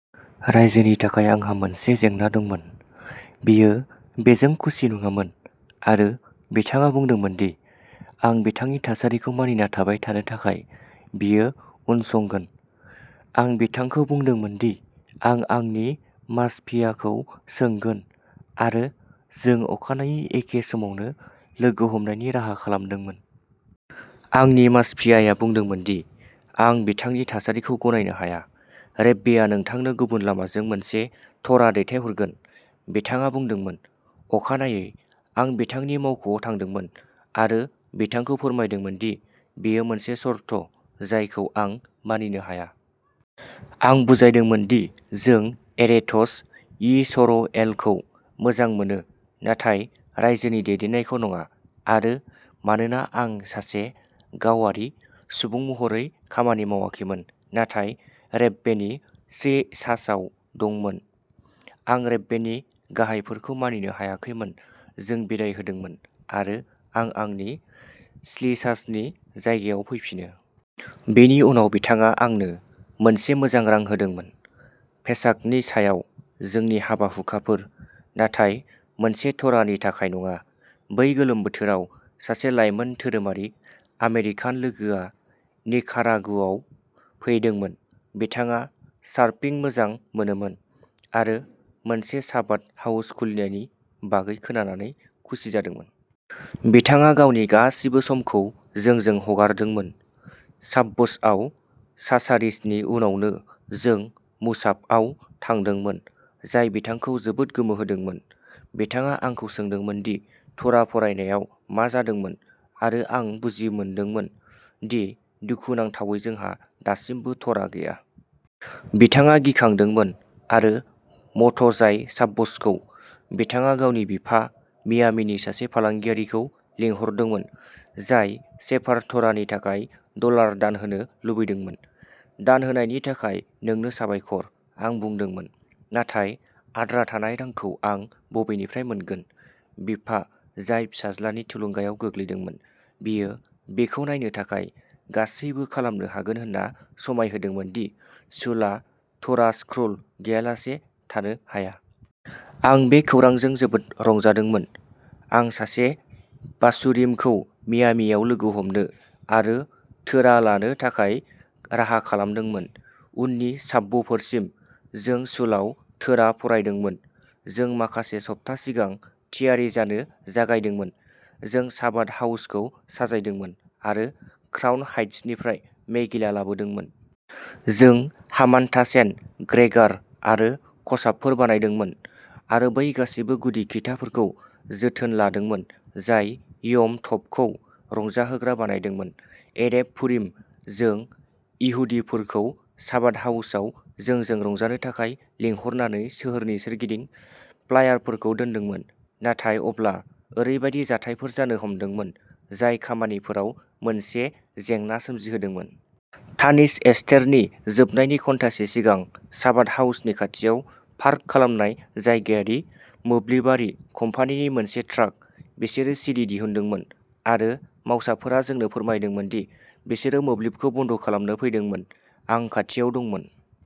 रायजोनि थाखाय आंहा मोनसे जेंना दंमोन। बियो बेजों खुसि नङामोन आरो बिथाङा बुंदोंमोन दि आं बिथांनि थासारिखौ मानिना थाबाय थानो थाखाय बियो उनसंगोन। आं बिथांखौ बुंदोंमोन दि आं आंनि माशपियाखौ सोंगोन आरो जों अखानायै एखे समावनो लोगो हमनायनि राहा खालामदोंमोन। आंनि माशपियाया बुंदोंमोन दि आं बिथांनि थासारिखौ गनायनो हाया। रेब्बेआ नोंथांनो गुबुन लामाजों मोनसे तोराह दैथायहरगोन बिथाङा बुंदोंमोन। अखानायै आं बिथांनि मावख'आव थांदोंमोन आरो बिथांखौ फोरमायदोंमोन दि बेयो मोनसे सर्त' जायखौ आं मानिनो हाया। आं बुजायदोंमोन दि जों एरेटज यिसर'एलखौ मोजां मोनो नाथाय रायजोनि दैदेननायखौ नङा आरो मानोना आं सासे गावारि सुबुं महरै खामानि मावाखैमोन नाथाय रेब्बेनि श्लिचासआव दंमोन आं रेब्बेनि गाहायफोरखौ मानिनो हायाखैमोन। जों बिदाय होदोंमोन आरो आं आंनि श्लिचासनि जायगायाव फैफिनो। बेनि उनाव बिथाङा आंनो मोनसे मोजां रां होदोंमोन। पेसाखनि सायाव जोंनि हाबा-हुखाफोर नाथाय मोनसे तोराहनि थाखाय नङा। बै गोलोम बोथोराव सासे लाइमोन धोरोमारि आमेरिकान लोगोआ निकारागुआआव फैदोंमोन। बिथाङा सार्फिं मोजां मोनोमोन आरो मोनसे चाबाद हाउस खुलिनायनि बागै खोनानानै खुसि जादोंमोन। बिथाङा गावनि गासिबो समखौ जोंजों हगारदोंमोन। शाब्ब'सआव शाचारिसनि उनावनो जों मुसाफआव थांदोंमोन जाय बिथांखौ जोबोद गोमोहोदोंमोन। बिथाङा आंखौ सोंदोंमोन दि तोराह फरायनायाव मा जादोंमोन आरो आं बुजिमोदोंमोन दि दुखुनांथावै जोंहा दासिमबो तोराह गैया। बिथाङा गिखांदोंमोन आरो म'टजाइ शाब्ब'सखौ बिथाङा गावनि बिफा मियामीनि सासे फालांगियारिखौ लिंहरदोंमोन जाय सेफार तोराहनि थाखाय दलार दान होनो लुबैदोंमोन। दान होनायनि थाखाय नोंनो साबायखर आं बुंदोंमोन नाथाय आद्रा थानाय रांखौ आं बबेनिफ्राय मोनगोन बिफा, जाय फिसाज्लानि थुलुंगायाव गोग्लैदोंमोन बियो बेखौ नायनो थाखाय गासैबो खालामनो हागोन होनना समाय होदोंमोन दि शुलआ तोराह स्क्र'ल गैयालासे थानो हाया। आं बे खौरांजों जोबोद रंजादोंमोन। आं सासे बाचुरिमखौ मियामीआव लोगो हमनो आरो तोराह लानो थाखाय राहा खालामदोंमोन। उननि शाब्ब'फोरसिम जों शुलआव तोराह फरायदोंमोन। जों माखासे सप्ता सिगां थियारि जानो जागायदोंमोन। जों चाबाद हाउसखौ साजायदोंमोन आरो क्राउन हाइट्सनिफ्राय मेगिला लाबोदोंमोन। जों हामान्टाशेन ग्रेगार आरो खसाबफोर बानायदोंमोन आरो बै गासैबो गुदि खिथाफोरखौ जोथोन लादोंमोन जाय यम टभखौ रंजाहोग्रा बानायदोंमोन। एरेभ पुरिम जों इहुदिफोरखौ चाबाद हाउसआव जोंजों रंजानो थाखाय लिंहरनानै सोहोरनि सोरगिदिं फ्लायारफोरखौ दोनदोंमोन। नाथाय अब्ला ओरैबायदि जाथायफोर जानो हमदोंमोन जाय खामानिफोराव मोनसे जेंना सोमजिहोदोंमोन। तानिस एस्तेरनि जोबनायनि घन्टासे सिगां चाबाद हाउसनि खाथियाव पार्क खालामनाय जायगायारि मोब्लिबारि कम्पानिनि मोनसे ट्राक। बिसोरो सिरि दिहुनदोंमोन आरो मावसाफोरा जोंनो फोरमायदोंमोन दि बिसोरो मोब्लिबखौ बन्द खालामनो फैदोंमोन आं खाथियाव दंमोन।